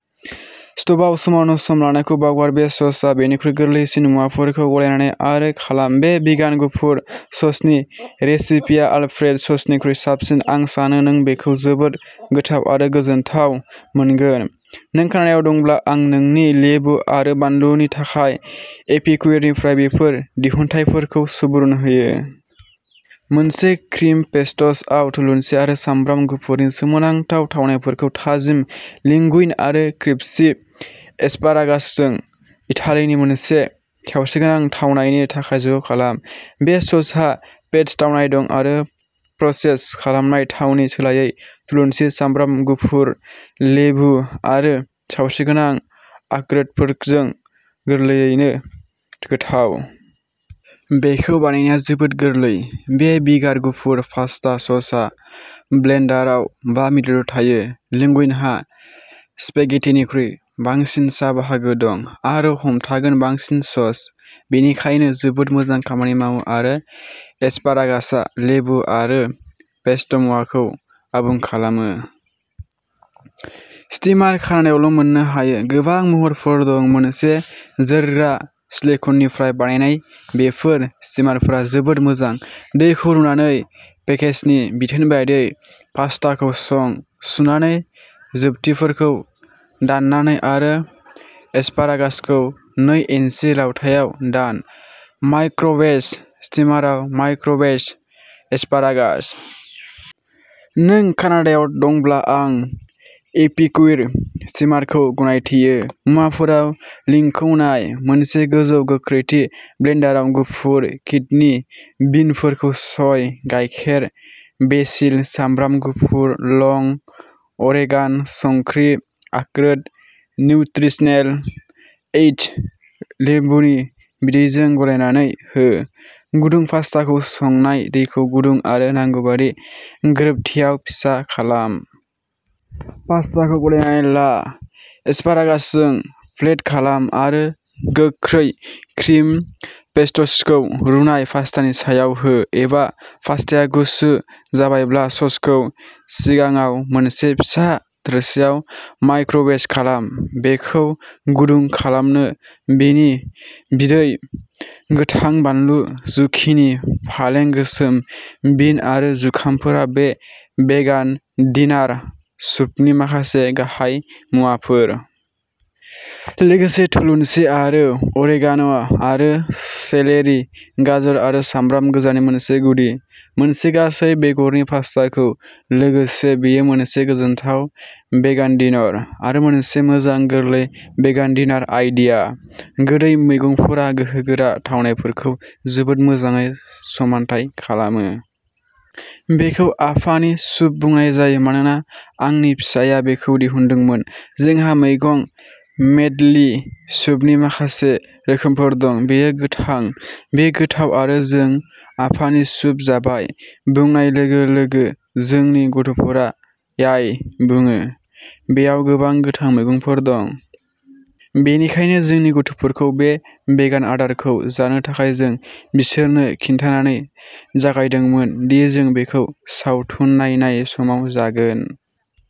स्ट'वआव सोमावनो सम लानायखौ बावगार, बे ससआ बेनिख्रुइ गोरलैसिन मुवाफोरखौ गलायनानै आरो खालाम। बे भिगान गुफुर ससनि रेसिपिया आलप्रेड' ससनिख्रुइ साबसिन, आं सानो नों बेखौ जोबोद गोथाव आरो गोजोनथाव मोनगोन। नों कानाडायाव दंब्ला आं नोंनि लेबु आरो बानलुनि थाखाय, एपिक्युरनिफ्राय बेफोर दिहुनथायफोरखौ सुबुरुन होयो। मोनसे क्रिम पेस्ट'स आव थुलुनसि आरो सामब्राम गुफुरनि सोमोनांथाव थावनायफोरखौ, थाजिम लिंगुइन आरो क्रिपसि एस्पारागासजों, इटालीनि मोनसे सावस्रिगोनां थावनायनि थाखाय ज' खालाम। बे ससहा पेट्स थावनाय दं आरो प्रसेस खालामनाय थावनि सोलायै थुलुनसि, सामब्राम गुफुर, लेबु आरो सावस्रिगोनां आखरोटफोरजों गोरलैयैनो गोथाव। बेखौ बानायनाया जोबोद गोरलै, बे भिगान गुफुर पास्ता ससआ ब्लेन्डाराव बा मिनिटल' लायो। लिंगुइनहा स्पेगेटिनिख्रुइ बांसिन सा बाहागो दं, आरो हमथागोन। बांसिन सस, बेनिखायनो जोबोद मोजां खामानि मावो आरो एस्पारागासआ लेबु आरो पेस्ट' मुवाफोरखौ आबुं खालामो। स्टीमार कानाडायावल' मोननो हायो। गोबां महरफोर दं, मोनसे जोरग्रा सिलिक'ननिफ्राय बानायनाय, बेफोर स्टीमारफोरा जोबोद मोजां। दैखौ रुनानै पेकेजनि बिथोन बायदियै पास्टाखौ सं। सुनानै, जोबथिफोरखौ दाननानै, आरो एस्पारागासखौ नै इन्सि लावथाइआव दान। माइक्र'वेभ स्टीमाराव माइक्र'वेभ एस्पारागास। नों कानाडायाव दंब्ला, आं एपिक्युर स्टीमारफोरखौ गनायथियो। मुवाफोराव लिंकखौ नाय। मोनसे गोजौ गोख्रैथि ब्लेन्डाराव, गुफुर किडनि बिनफोरखौ सय गायखेर, बेसिल, सामब्राम गुफुर लं, अरेगान', संख्रि, आखरोट, निउत्रिसनेल इस्ट, लेबुनि बिदैजों गलायनानै हो। गुदुं पास्टाखौ संनाय दैखौ गुदुं आरो नांगौबादि गोरोबथियाव फिसा खालाम। पास्टाखौ गलायनानै ला, एस्पारागासजों प्लेट खालाम, आरो गोख्रै क्रिम पेस्ट'ससखौ रुनाय पास्टानि सायाव हो। एबा, पास्टाया गुसु जाबायब्ला, ससखौ सिगाङाव मोनसे फिसा थोरसिआव माइक्र'वेभ खालाम, बेखौ गुदुं खालामनो, बेनि बिदै, गोथां बानलु, जुकिनि, फालें, गोसोम बिन आरो जुखामफोरा बे भेगान डिनार सुपनि माखासे गाहाइ मुवाफोर। लोगोसे थुलुनसि, आरो अरेगान' आरो सेलेरि, गाजर आरो सामब्राम गोजानि मोनसे गुदि। मोनसे गासै बेगरनि पास्ताजों लोगोसे, बेयो मोनसे गोजोनथाव भेगान डिनर, आरो मोनसे मोजां गोरलै भेगान डिनार आइडिया। गोदै मैगंफोरा गोहोगोरा थावनायफोरखौ जोबोद मोजाङै समानथाय खालामो। बेखौ आफानि सुप बुंनाय जायो मानोना आंनि फिसाया बेखौ दिहुनदोंमोन। जोंहा मैगं मेडलि सुपनि माखासे रोखोमफोर दं, बेयो गोथां। बेयो गोथाव, आरो जों "आफानि सुप जाबाय!" बुंनाय लोगो-लोगो जोंनि गथ'फोरा "याय!" बुङो। बेयाव गोबां गोथां मैगंफोर दं। बेनिखायनो जोंनि गथ'फोरखौ बे भेगान आदारखौ जानो थाखाय जों बिसोरनो खिन्थानानै जागायदोंमोन दि जों बेखौ सावथुन नायनाय समाव जागोन।